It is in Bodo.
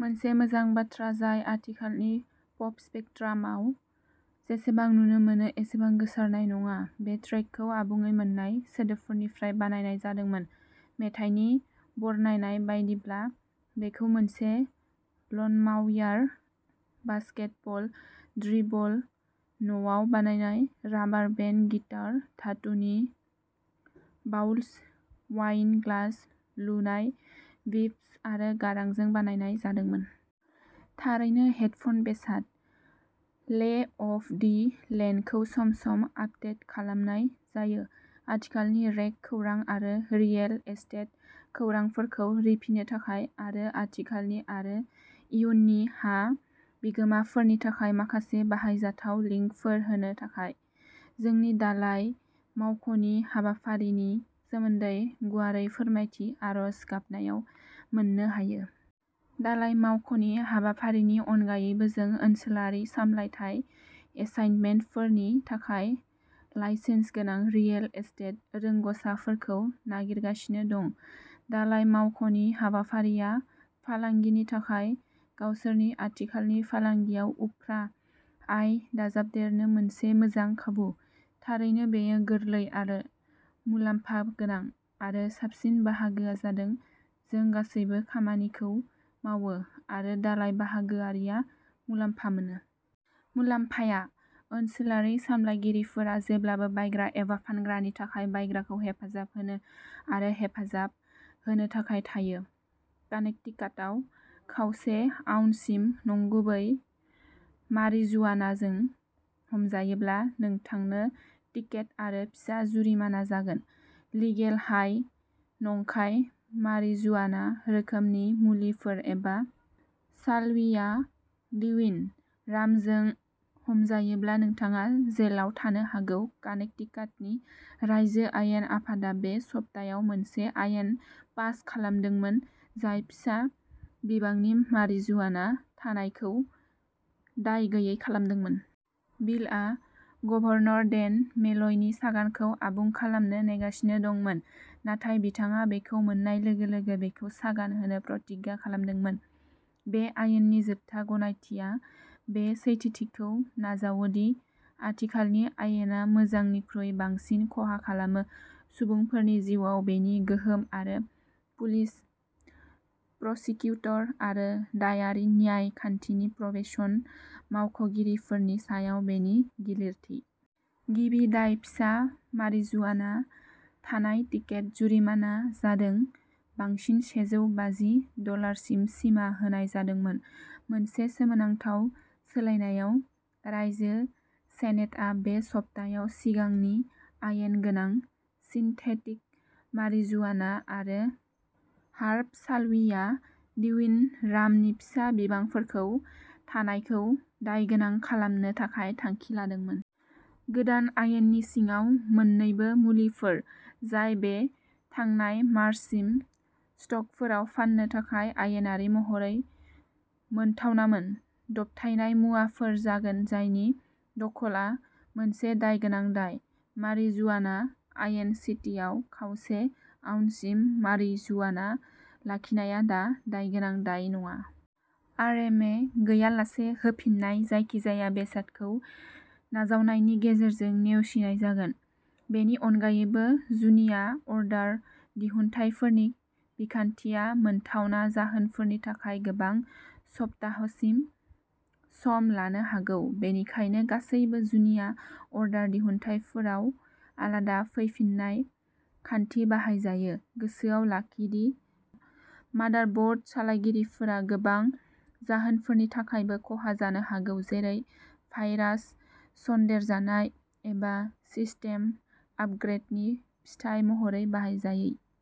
मोनसे मोजां बाथ्रा जाय आथिखालनि पप स्पेकट्रामआव जेसेबां नुनो मोनो एसेबां गोसारनाय नङा। बे ट्रेकखौ आबुङै मोन्नाय सोदोबफोरनिफ्राय बानायनाय जादोंमोन। मेथाइनि बरनायनाय बायदिब्ला, बेखौ मोनसे लनमाउयार, बास्केटबल ड्रिबल, न'आव बानायनाय राबार बेन्ड गिटार, धातुनि बाउल्स, वाइन ग्लास, लुनाय बीप्स आरो गारांजों बानायनाय जादोंमोन। थारैनो हेडफ'न बेसाद। ले अफ दि लेन्डखौ सम-सम आपडेट खालामनाय जायो, आथिखालनि रेग खौरां आरो रियेल एस्टेट खौरांफोरखौ रिफिनो थाखाय, आरो आथिखालनि आरो इयुननि हा बिगोमाफोरनि थाखाय माखासे बाहायजाथाव लिंकफोर होनो थाखाय। जोंनि दालाय मावख'नि हाबाफारिनि सोमोन्दै गुवारै फोरमायथि आर'ज गाबनायाव मोननो हायो। दालाय मावख'नि हाबाफारिनि अनगायैबो जों ओनसोलारि सामलायथाय एसाइनमेन्टफोरनि थाखाय लाइसेन्स गोनां रियेल एस्टेट रोंग'सारफोरखौ नागिरगासिनो दं। दालाय मावख'नि हाबाफारिया फालांगिनि थाखाय गावसोरनि आथिखालनि फालांगियाव उफ्रा आय दाजाबदेरनो मोनसे मोजां खाबु। थारैनो बेयो गोरलै आरो मुलाम्फा गोनां, आरो साबसिन बाहागोआ जादों, जों गासैबो खामानिखौ मावो, आरो दालाय बाहागोआरिआ मुलाम्फा मोनो। मुलाम्फाया। ओनसोलारि सामलायगिरिफोरा जेब्लाबो बायग्रा एबा फानग्रानि थाखाय बायग्राखौ हेफाजाब होनो आरो हेफाजाब होनो थाखाय थायो। कानेक्टिकाटआव, खावसे आउन्ससिम नंगुबै मारिजुआनाजों हमजायोब्ला नोंथांनो टिकेट आरो फिसा जुरिमाना जागोन। लिगेल-हाइ नंखाय मारिजुआना रोखोमनि मुलिफोर एबा साल्विया डिविन' रामजों हमजायोब्ला, नोंथाङा जेलाव थानो हागौ कानेक्टिकाटनि रायजो आयेन आफादा बे सप्तायाव मोनसे आयेन पास खालामदोंमोन जाय फिसा बिबांनि मारिजुआना थानायखौ दाय गैयै खालामदोंमोन। बिलआ गभर्नर डेन मेलयनि सागानखौ आबुं खालामनो नेगासिनो दंमोन, नाथाय बिथाङा बेखौ मोन्नाय लोगो-लोगो बेखौ सागान होनो प्रतिज्ञा खालामदोंमोन, बे आयेननि जोबथा गनायथिआ बे सैथोथिखौ नाजावो दि आथिखालनि आयेना मोजांनिख्रुइ बांसिन खहा खालामो सुबुंफोरनि जिउआव बेनि गोहोम आरो पुलिस, प्रसिकिउटर आरो दायारि न्याय खान्थिनि प्रबेशन मावख'गिरिफोरनि सायाव बेनि गिलिरथि। गिबि दाय फिसा मारिजुआना थानाय टिकेट जुरिमाना जादों बांसिन सेजौ बाजि डलारसिम सिमा होनाय जादोंमोन। मोनसे सोमोनांथाव सोलायनायाव, रायजो सेनेटआ बे सप्तायाव सिगांनि आयेन गोनां सिन्थेटिक मारिजुआना आरो हार्ब साल्विया डिविन'रामनि फिसा बिबांफोरखौ थानायखौ दायगोनां खालामनो थाखाय थांखि लादोंमोन। गोदान आयेननि सिङाव, मोन्नैबो मुलिफोर, जाय बे थांनाय मार्चसिम स्ट'रफोराव फान्नो थाखाय आयेनारि महरै मोनथावनामोन, दबथायनाय मुवाफोर जागोन जायनि दखलआ मोनसे दायगोनां दाय। मारिजुआना आयेन सिटिआव, खावसे आउन्ससिम मारिजुआना लाखिनाया दा दायगोनां दाय नङा। आरएमए गैयालासे होफिन्नाय जायखिजाया बेसादखौ नाजावनायनि गेजेरजों नेवसिनाय जागोन। बेनि अनगायैबो, जुनिया अर्डार दिहुनथायफोरनि बिखान्थिया मोनथावना जाहोनफोरनि थाखाय गोबां सप्ताहसिम सम लानो हागौ, बेनिखायनो गासैबो जुनिया अर्डार दिहुनथायफोराव आलादा फैफिन्नाय खान्थि बाहायजायो। गोसोआव लाखि दि मादारब'र्ड सालायगिरिफोरा गोबां जाहोनफोरनि थाखायबो खहा जानो हागौ, जेरै भाइरास सन्देरजानाय, एबा सिस्टेम आपग्रेडनि फिथाय महरै बाहायजायै।